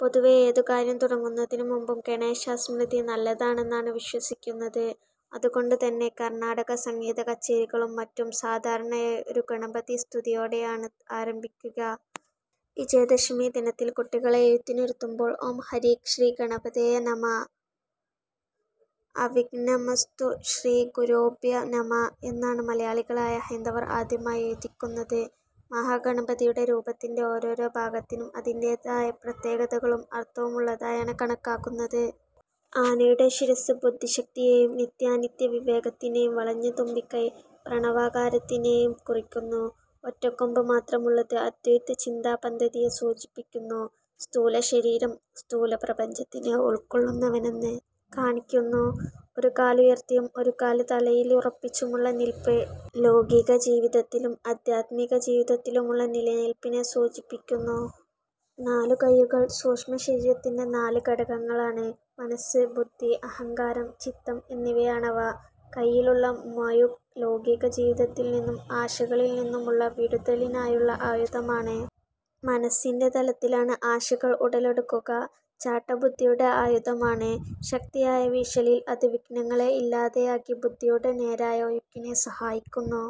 പൊതുവേ ഏതുകാര്യം തുടങ്ങുന്നതിനു മുൻപും ഗണേശ സ്മൃതി നല്ലതാണേന്നാണ് വിശ്വസിയ്ക്കുന്നത്. അതുകൊണ്ട് തന്നെ കർണ്ണാടകസംഗീതകച്ചേരികളും മറ്റും സാധാരണയായി ഒരു ഗണപതിസ്തുതിയോടേയാണ് ആരംഭിയ്ക്കുക. വിജയദശമി ദിനത്തിൽ കുട്ടികളെ എഴുത്തിനിരുത്തുമ്പോൾ ഓം ഹരി ശ്രീ ഗണപതയേ നമഃഅവിഘ്നമസ്തു ശ്രീ ഗുരുഭ്യോ നമഃഎന്നാണ് മലയാളികളായ ഹൈന്ദവർ ആദ്യമായി എഴുതിയ്ക്കുന്നത്. മഹാഗണപതിയുടെ രൂപത്തിന്റെ ഓരോരോ ഭാഗത്തിനും അതിന്റേതായ പ്രത്യേകതകളും അർത്ഥവുമുള്ളതായാണ് കണക്കാക്കുന്നത്. ആനയുടെ ശിരസ്സ് ബുദ്ധിശക്തിയേയും നിത്യാനിത്യ വിവേകത്തിനേയും വളഞ്ഞ തുമ്പിക്കൈ പ്രണവാകാരത്തിനേയും കുറിയ്ക്കുന്നു ഒറ്റക്കൊമ്പ് മാത്രമുള്ളത് അദ്വൈത ചിന്താ പദ്ധതിയെ സൂചിപ്പിയ്ക്കുന്നു. സ്ഥൂല ശരീരം സ്ഥൂല പ്രപഞ്ചത്തിനെ ഉൾക്കൊള്ളുന്നവനെന്ന് കാണിയ്ക്കുന്നു. ഒരു കാലുയർത്തിയും ഒരു കാല് തറയ്ലുറപ്പിച്ചുമുള്ള നിൽപ്പ് ലൗകിക ജീവിതത്തിലും അദ്ധ്യാത്മിക ജീവിതത്തിലുമുള്ള നിലനിൽപ്പിനെ സൂചിപ്പിയ്ക്കുന്നു. നാലു കയ്യുകൾ സൂക്ഷ്മ ശരീരത്തിന്റെ നാല് ഘടകങ്ങളാണ് മനസ്സ്, ബുദ്ധി, അഹംകാരം, ചിത്തം എന്നിവയാണവ. കയ്യിലുള്ള മഴു ലൗകിക ജീവിതത്തിൽ നിന്നും ആശകളിൽ നിന്നുമുള്ള വിടുതലിനായുള്ള ആയുധമാണ്. മനസ്സിന്റെ തലത്തിലാണ് ആശകൾ ഉടലെടുക്കുക. ചാട്ട ബുദ്ധിയുടെ ആയുധമാണ്. ശക്തിയായ വീശലിൽ അത് വിഘ്നങ്ങളെ ഇല്ലാതെയാക്കി ബുദ്ധിയുടെ നേരായ ഒഴുക്കിനെ സഹായിയ്ക്കുന്നു.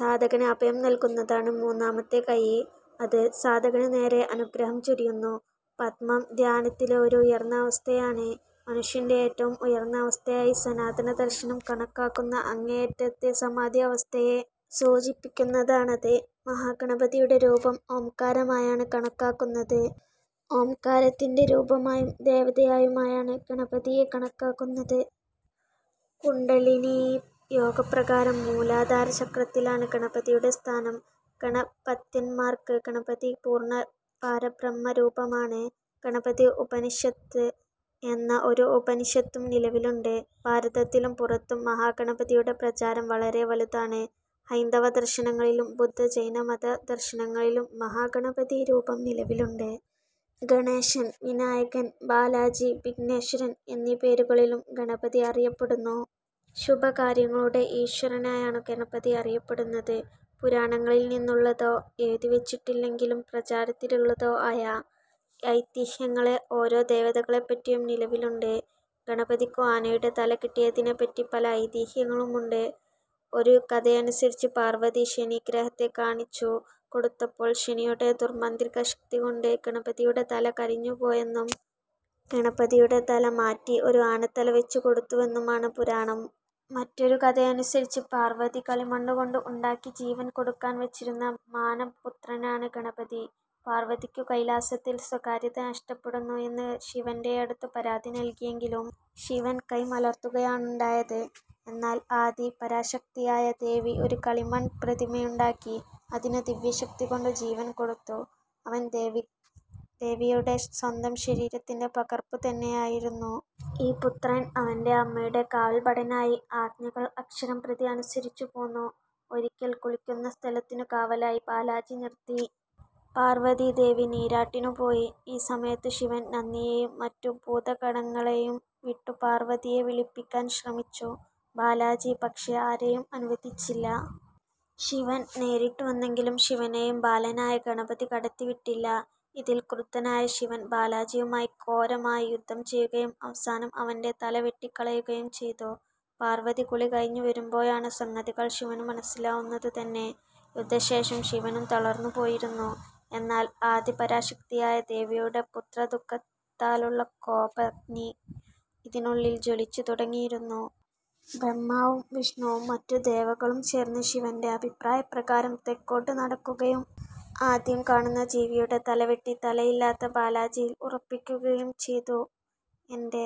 സാധകന് അഭയം നൽകുന്നതാണ് മൂന്നാമത്തെ കയ്യ്.. അത് സാധകനു നേരെ അനുഗ്രഹം ചൊരിയുന്നു. പദ്മം ധ്യാനത്തിലെ ഒരു ഉയർന്ന അവസ്ഥയാണ്. മനുഷ്യന്റെ ഏറ്റവും ഉയർന്ന അവസ്ഥയായി സനാതന ദർശനം കണക്കാക്കുന്ന, അങ്ങേയറ്റത്തെ സമാധി അവസ്ഥയെ സൂചിപ്പിയ്ക്കുന്നതാണത് മഹാ ഗണപതിയുടെ രൂപം ഓംകാരമായാണ് കണക്കാക്കുന്നത്. ഓംകാരത്തിന്റെ രൂപമായും ദേവതയായുമാണ് ഗണപതിയെ കണക്കാക്കുന്നത്. കുണ്ഡലിനീ യോഗപ്രകാരം മൂലാധാര ചക്രത്തിലാണ് ഗണപതിയുടെ സ്ഥാനം. ഗാണപത്യന്മാർക്ക് ഗണപതി പൂർണ്ണ പരബ്രഹ്മ രൂപമാണ്. ഗണപതി ഉപനിഷത്ത് എന്ന ഒരു ഉപനിഷത്തും നിലവിലുണ്ട് ഭാരതത്തിലും പുറത്തും മഹാഗണപതിയുടെ പ്രചാരം വളരെ വലുതാണ്. ഹൈന്ദവ ദർശനങ്ങളിലും ബുദ്ധ, ജൈനമത ദർശനങ്ങളിലും മഹാ ഗണപതീ രൂപം നിലവിലുണ്ട്. ഗണേശൻ, വിനായകൻ, ബാലാജി, വിഘ്നേശ്വരൻ എന്നീ പേരുകളിലും ഗണപതി അറിയപ്പെടുന്നു. ശുഭകാര്യങ്ങളുടെ ഈശ്വരനായാണു ഗണപതി അറിയപ്പെടുന്നത്. പുരാണങ്ങളിൽ നിന്നുള്ളതോ എഴുതിവച്ചിട്ടില്ലെങ്കിലും പ്രാചാരത്തിലുള്ളതോ ആയ ഐതിഹ്യങ്ങൾ ഓരോ ദേവതകളെപ്പറ്റിയും നിലവിലുണ്ട്. ഗണപതിക്കു ആനയുടെ തല കിട്ടിയതിനെപ്പറ്റി പല ഐതിഹ്യങ്ങളുണ്ട്. ഒരു കഥയനുസരിച്ച് പാർവതി ശനി ഗ്രഹത്തെ കാണിച്ചു കൊടുത്തപ്പോൾ ശനിയുടെ ദുർമാന്ത്രികശക്തികൊണ്ട് ഗണപതിയുടെ തല കരിഞ്ഞുപോയെന്നും ഗണപതിയുടെ തല മാറ്റി ഒരു ആനത്തല വയ്ച്ചുകൊടുത്തുവെന്നുമാണ് പുരാണം. മറ്റൊരുകഥയനുസരിച്ച് പാർവ്വതി കളിമണ്ണുകൊണ്ട് ഉണ്ടാക്കി ജീവൻ കൊടുക്കാൻ വെച്ചിരുന്ന മാനസപുത്രനാണ് ഗണപതി. പാർവതിയ്ക്കു കൈലാസത്തിൽ സ്വകര്യത നഷ്ടപ്പെടുന്നു എന്ന് ശിവന്റെയടുത്തു പരാതി നൽകിയെങ്കിലും ശിവൻ കൈ മലർത്തുകയാണുണ്ടായത്, എന്നാൽ ആദി പരാശക്തിയായ ദേവി ഒരു കളിമൺ പ്രതിമയുണ്ടാക്കി അതിനു ദിവ്യശക്തികൊണ്ടു ജീവൻ കൊടുത്തു. അവൻ ദേവിയുടെ സ്വന്തം ശരീരത്തിന്റെ പകർപ്പു തന്നെയായിരുന്നു. ഈ പുത്രൻ അവന്റെ അമ്മയുടെ കാവൽ ഭടനായി ആജ്ഞകൾ അക്ഷരം പ്രതി അനുസരിച്ചു പോന്നു. ഒരിയ്കൽ കുളിക്കുന്ന സ്ഥലത്തിനു കാവലായി ബാലാജി നിർത്തി പാർവതി ദേവി നീരാട്ടിനു പോയി. ഈ സമയത്തു ശിവൻ നന്ദിയെയും മറ്റു ഭൂതഗണങ്ങളെയും വിട്ടു പർവതിയെ വിളിപ്പിയ്ക്കാൻ ശ്രമിച്ചു. ബാലാജി പക്ഷെ ആരെയും അനുവദിച്ചില്ല. ശിവൻ നേരിട്ടു വന്നെങ്കിലും ശിവനെയും ബാലനായ ഗണപതി കടത്തിവിട്ടില്ല. ഇതിൽ ക്രുദ്ധനായ ശിവൻ ബാലാജിയുമായി ഘോരമായ യുദ്ധം ചെയ്യുകയും അവസാനം അവന്റെ തലവെട്ടിക്കളയുകയും ചെയ്തു. പാർവതി കുളികഴിഞ്ഞു വരുമ്പോഴാണു സംഗതികൾ ശിവനു മനസ്സിലാവുന്നതു തന്നെ. യുദ്ധ ശേഷം ശിവനും തളർന്നു പോയിരുന്നു. എന്നാൽ ആദിപരാശക്തിയായ ദേവിയുടെ പുത്രദുഃഖത്താലുള്ള കോപഗ്നി ഇതിനുള്ളിൽ ജ്വലിച്ചു തുടങ്ങിയിരുന്നു. ബ്രഹ്മാവും വിഷ്ണുവും മറ്റു ദേവകളും ചേർന്ന് ശിവന്റെ അഭിപ്രായപ്രകാരം തെക്കോട്ട് നടക്കുകയും ആദ്യം കാണുന്ന ജീവിയുടെ തല വെട്ടി തലയില്ലാത്ത ബാലാജിയിൽ ഉറപ്പിക്കുകയും ചെയ്തു എന്ൻ